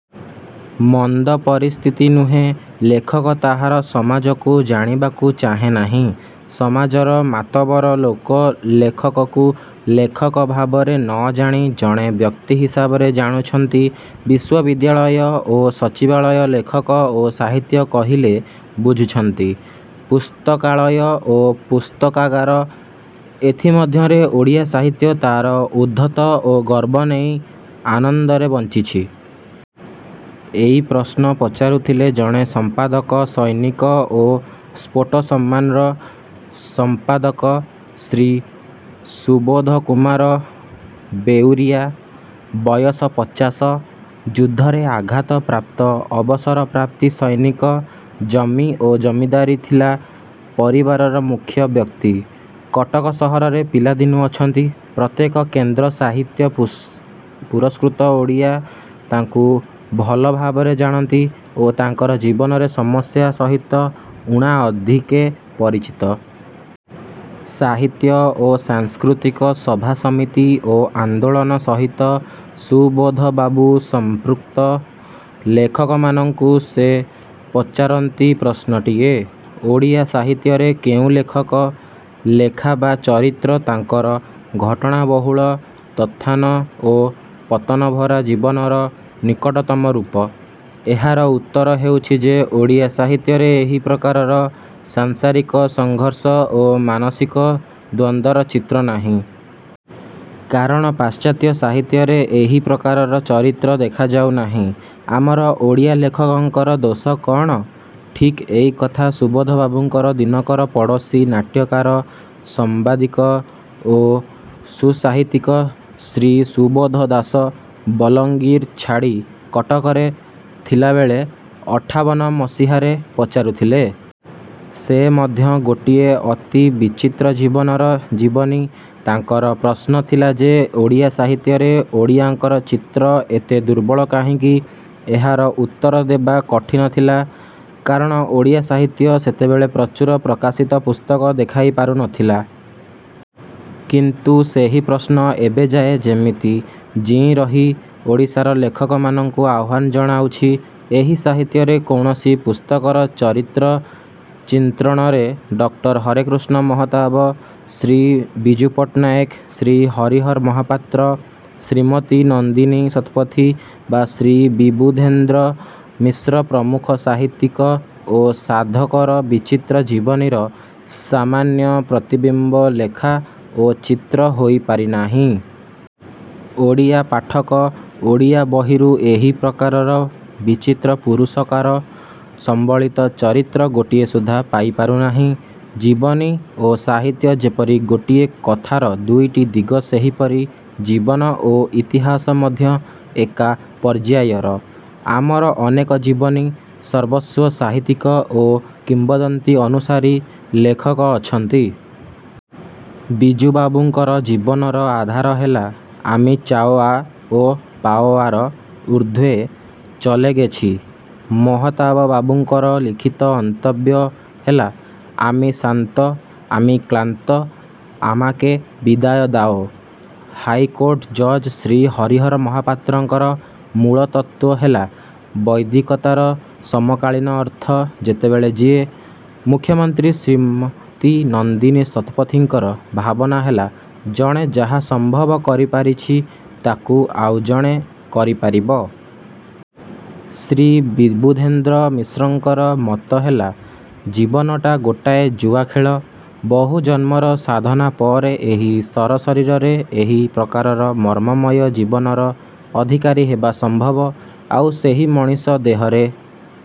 ମନ୍ଦ ପରିସ୍ଥିତି ନୁହେଁ। ଲେଖକ ତାହାର ସମାଜକୁ ଜାଣିବାକୁ ଚାହେଁ ନାହିଁ। ସମାଜର ମାତବର ଲୋକ ଲେଖକକୁ ଲେଖକ ଭାବରେ ନ ଜାଣି ଜଣେ ବ୍ୟକ୍ତି ହିସାବରେ ଜାଣୁଛନ୍ତି। ବିଶ୍ୱବିଦ୍ୟାଳୟ ଓ ସଚିବାଳୟ ଲେଖକ ଓ ସାହିତ୍ୟ କହିଲେ ବୁଝୁଛନ୍ତି ପୁସ୍ତକାଳୟ ଓ ପୁସ୍ତକାଗାର। ଏଥି ମଧ୍ୟରେ ଓଡ଼ିଆ ସାହିତ୍ୟ ତା'ର ଉଦ୍ଧତ ଓ ଗର୍ବ ନେଇ ଆନନ୍ଦରେ ବଞ୍ଚିଛି। ଏଇ ପ୍ରଶ୍ନ ପଚାରୁଥିଲେ ଜଣେ ସମ୍ପାଦକ ସୈନିକ ଓ ସ୍ପୋଟସମାନ୍ର ସମ୍ପାଦକ ଶ୍ରୀ ସୁବୋଧ କୁମାର ବେଉରିଆ। ବୟସ ପଚାଶ। ଯୁଦ୍ଧରେ ଆଘାତ ପ୍ରାପ୍ତ-ଅବସର ପ୍ରାପ୍ତି ସୈନିକ। ଜମି ଓ ଜମିଦାରୀ ଥିଲା। ପରିବାରର ମୁଖ୍ୟ ବ୍ୟକ୍ତି। କଟକ ସହରରେ ପିଲାଦିନୁ ଅଛନ୍ତି। ପ୍ରତ୍ୟେକ କେନ୍ଦ୍ର-ସାହିତ୍ୟ-ପୁରସ୍କୃତ ଓଡ଼ିଆ ତାଙ୍କୁ ଭଲ ଭାବରେ ଜାଣନ୍ତି ଓ ତାଙ୍କର ଜୀବନରେ ସମସ୍ୟା ସହିତ ଊଣା ଅଧିକେ ପରିଚିତ। ସାହିତ୍ୟ ଓ ସାଂସ୍କୃତିକ ସଭାସମିତି ଓ ଆନ୍ଦୋଳନ ସହିତ ସୁବୋଧବାବୁ ସମ୍ପୃକ୍ତ। ଲେଖକମାନଙ୍କୁ ସେ ପଚାରନ୍ତି ପ୍ରଶ୍ନଟିଏ-ଓଡ଼ିଆ ସାହିତ୍ୟରେ କେଉଁ ଲେଖକ, ଲେଖା ବା ଚରିତ୍ର ତାଙ୍କର ଘଟଣା ବହୁଳ ଉତ୍ଥାନ ଓ ପତନଭରା ଜୀବନର ନିକଟତମ ରୂପ? ଏହାର ଉତ୍ତର ହେଉଛି ଯେ ଓଡ଼ିଆ ସାହିତ୍ୟରେ ଏହିପ୍ରକାରର ସାଂସାରିକ ସଘର୍ଷ ଓ ମାନସିକ ଦ୍ୱନ୍ଦର ଚିତ୍ର ନାହିଁ। କାରଣ ପାଶ୍ଚାତ୍ୟ ସାହିତ୍ୟରେ ଏହି ପ୍ରକାରର ଚରିତ୍ର ଦେଖାଯାଉ ନାହିଁ। ଆମର ଓଡ଼ିଆ ଲେଖକଙ୍କର ଦୋଷ କ'ଣ? ଠିକ୍ ଏଇ କଥା ସୁବୋଧ ବାବୁଙ୍କର ଦିନକର ପଡ଼ୋଶୀ ନାଟ୍ୟକାର, ସମ୍ବାଦିକ ଓ ସୁସାହିତ୍ୟିକ ଶ୍ରୀ ସୁବୋଧ ଦାସ ବଲଙ୍ଗୀର ଛାଡ଼ି କଟକରେ ଥିଲାବେଳେ ଅଠାବନ ମସିହାରେ ପଚାରୁଥିଲେ। ସେ ମଧ୍ୟ ଗୋଟିଏ ଅତି ବିଚିତ୍ର ଜୀବନର ଜୀବନୀ। ତାଙ୍କର ପ୍ରଶ୍ନ ଥିଲା ଯେ ଓଡ଼ିଆ ସାହିତ୍ୟରେ ଓଡ଼ିଆଙ୍କର ଚିତ୍ର ଏତେ ଦୂର୍ବଳ କାହିଁକି? ଏହାର ଉତ୍ତର ଦେବା କଠିନ ଥିଲା। କାରଣ ଓଡ଼ିଆ ସାହିତ୍ୟ ସେତେବେଳେ ପ୍ରଚୁର ପ୍ରକାଶିତ ପୁସ୍ତକ ଦେଖାଇ ପାରୁ ନ ଥିଲା। କିନ୍ତୁ ସେହି ପ୍ରଶ୍ନ ଏବେଯାଏ ସେମିତି ଜୀଇଁରହି ଓଡ଼ିଶାର ଲେଖକମାନଙ୍କୁ ଆହ୍ୱାନ ଜଣାଉଛି। ଏହି ସାହିତ୍ୟରେ କୌଣସି ପୁସ୍ତକର ଚରିତ୍ର ଚିନ୍ତ୍ରଣରେ ଡକ୍ଟର ହରେକୃଷ୍ଣ ମହତାବ, ଶ୍ରୀ ବିଜୁ ପଟ୍ଟନାୟକ, ଶ୍ରୀ ହରିହର ମହାପାତ୍ର, ଶ୍ରୀମତୀ ନନ୍ଦିନୀ ଶତପଥୀ ବା ଶ୍ରୀ ବିବୁଧେନ୍ଦ୍ର ମିଶ୍ର ପ୍ରମୁଖ ସାହିତ୍ୟିକ ଓ ସାଧକର ବିଚିତ୍ର ଜୀବନୀର ସାମାନ୍ୟ ପ୍ରତିବିମ୍ବ ଲେଖା ଓ ଚିତ୍ର ହୋଇ ପାରି ନାହିଁ। ଓଡ଼ିଆ ପାଠକ ଓଡ଼ିଆ ବହିରୁ ଏହି ପ୍ରକାରର ବିଚିତ୍ର ପୁରୁଷକାର ସମ୍ବଳିତ ଚରିତ୍ର ଗୋଟିଏ ସୁଦ୍ଧା ପାଇପାରୁ ନାହିଁ। ଜୀବନୀ ଓ ସାହିତ୍ୟ ଯେପରି ଗୋଟିଏ କଥାର ଦୁଇଟି ଦିଗ ସେହିପରି ଜୀବନୀ ଓ ଇତିହାସ ମଧ୍ୟ ଏକା ପର୍ଯ୍ୟାୟର। ଆମର ଅନେକ ଜୀବନୀ-ସର୍ବସ୍ୱ ସାହିତ୍ୟିକ ଓ କିମ୍ବଦନ୍ତୀ-ଅନୁସାରୀ ଲେଖକ ଅଛନ୍ତି। ବିଜୁବାବୁଙ୍କର ଜୀବନର ଆଧାର ହେଲା-ଆମି ଚାଓଆ ଓ ପାଓଆର ଊର୍ଦ୍ଧ୍ୱେ ଚଲେଗେଛି। ମହତାବବାବୁଙ୍କର ଲିଖିତ ମନ୍ତବ୍ୟ ହେଲା-ଆମି ଶ୍ରାନ୍ତ, ଆମି କ୍ଳାନ୍ତ, ଆମାକେ ବିଦାୟ ଦାଓ। ହାଇକୋଟ ଜଜ୍ ଶ୍ରୀ ହରିହର ମହାପାତ୍ରଙ୍କର ମୂଳତତ୍ତ୍ୱ ହେଲା-ବୌଦ୍ଧିକତାର ସମକାଳୀନ ଅର୍ଥ ଯେତେବେଳେ ଯିଏ। ମୁଖ୍ୟମନ୍ତ୍ରୀ ଶ୍ରୀମତୀ ନନ୍ଦିନୀ ଶତପଥୀଙ୍କର ଭାବନା ହେଲା-ଜଣେ ଯାହା ସମ୍ଭବ କରିପାରିଛି ତା'କୁ ଆଉ ଜଣେ କରିପାରିବ। ଶ୍ରୀ ବିବୁଧେନ୍ଦ୍ର ମିଶ୍ରଙ୍କର ମତ ହେଲା-ଜୀବନଟା ଗୋଟାଏ ଜୁଆଖେଳ। ବହୁ ଜନ୍ମର ସାଧନା ପରେ ଏହି ମର ଶରୀରରେ ଏହି ପ୍ରକାରର କର୍ମମୟ ଜୀବନର ଅଧିକାରୀ ହେବା ସମ୍ଭବ। ଆଉ ସେହି ମଣିଷ ଦେହରେ